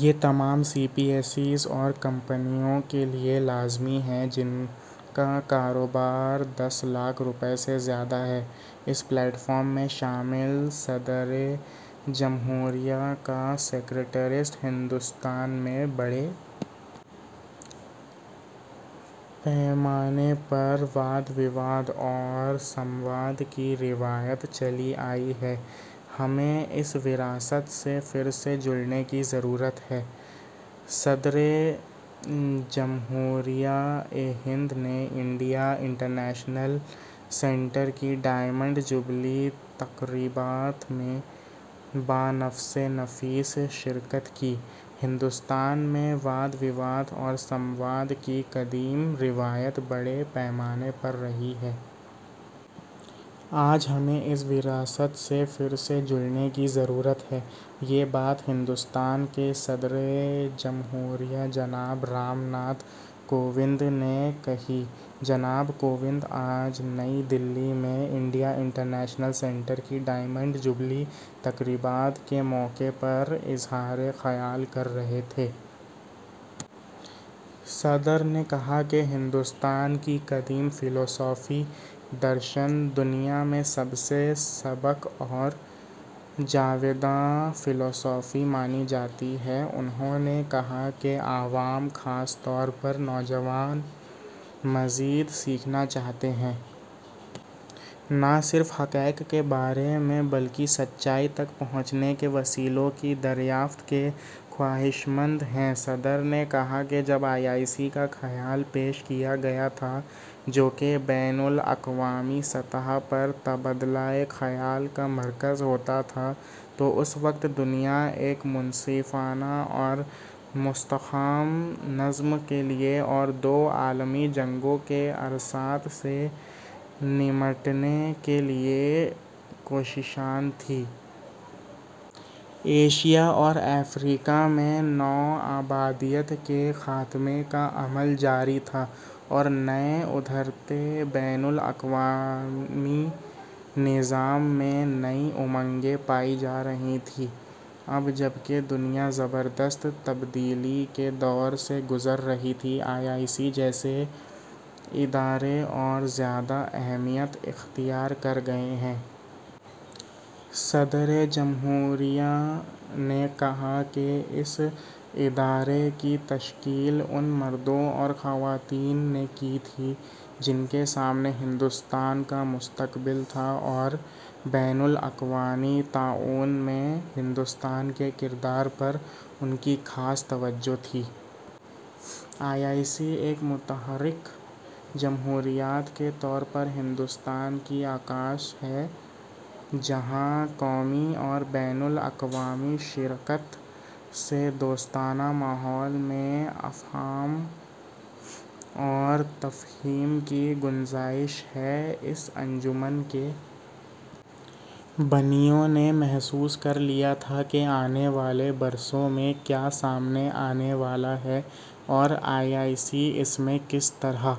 یہ تمام C P S E اور کمپنیوں کے لئے لازمی ہے جن کا کاروبار دس لاکھ روپے سے زیادہ ہے۔ اس پلیٹ فارم میں شامل. صدر جمہوریہ کا سکریٹریٹ ہندوستان میں بڑے پیمانے پر '' واد وواد'' اور ''سمواد'' کی روایت چلی آئی ہے، ہمیں اس وراثت سے پھر سے جڑنے کی ضرورت ہے صدر جمہوریہ ہند نے انڈیا انٹرنیشنل سنٹر کی ڈائمنڈ جبلی تقریبات میں بہ نفس نفیس شرکت کی ہندوستان میں واد وواد اور سمواد کی قدیم روایت بڑے پیمانے پر رہی ہے۔ آج ہمیں اس وراثت سے پھر سے جڑنے کی ضرورت ہے۔ یہ بات ہندوستان کے صدر جمہوریہ جناب رامناتھ کووند نے کہی۔ جناب کووند آج نئی دلی میں انڈیا انٹر نیشنل سنٹر کی ڈائمنڈ جبلی تقریبات کے موقع پر اظہار خیال کر رہے تھے۔ صدر نے کہا کہ ہندوستان کی قدیم فلاسفی '' درشن'' دنیا میں سب سے سبک اور جاوداں فلاسفی مانی جاتی ہے۔ انہوں نے کہا کہ عوام ، خاص طور پر نوجوان اور زیادہ سیکھنا چاہتے ہیں۔ نہ صرف حقائق کے بارے میں بلکہ سچائی تک پہنچنے کے وسیلوں کی دریافت خواہشمند ہیں۔ صدر نے کہا کہ میں جب آئی آئی سی کا خیال پیش کیا گیا تھا، جو کہ بین الاقوامی سطح پر تبادلۂ خیال کا مرکز ہوتا تھا، تو اس وقت دنیا ایک منصفانہ اور مستحکم نظم کے لئے اور دو عالمی جنگوں کے اثرات سے نمٹنے کے لئے کوشاں تھی۔ ایشا اور افریقہ میں نو آبادیات کے خاتمے کا عمل جاری تھا اور نئے ابھرتے بین الاقوامی نظام میں نئی امنگیں پائی جا رہی تھیں۔ اب جب کہ دنیا زبردست تبدیلی کے دور سے گزر رہی ہے، آئی آئی سی جیسے ادارے اور زیادہ اہمیت اختیار کر گئے ہیں۔ صدر جمہوریہ نے کہا کہ اس ادارے کی تشکیل ان مرد و خواتین نے کی تھی، جن کے سامنے ہندوستان کا مستقبل تھا اور بین الاقوامی تعاون میں ہندوستان کے رول پر ان کی خاص توجہ تھی۔ آئی آئی سی ایک متحرک جمہوریت کے طور پر ہندوستان کی عکاس ہے ، جہاں قومی اور بین الاقوامی شراکت سے دوستانہ ماحول میں افہام و تفہیم کی گنجائش ہے۔ اس انجمن کے بانیوں نے محسوس کر لیا تھا کہ آنے والے برسوں میں کیا سامنے آنے والا ہے اور آئی آئی سی اس میں کس طرح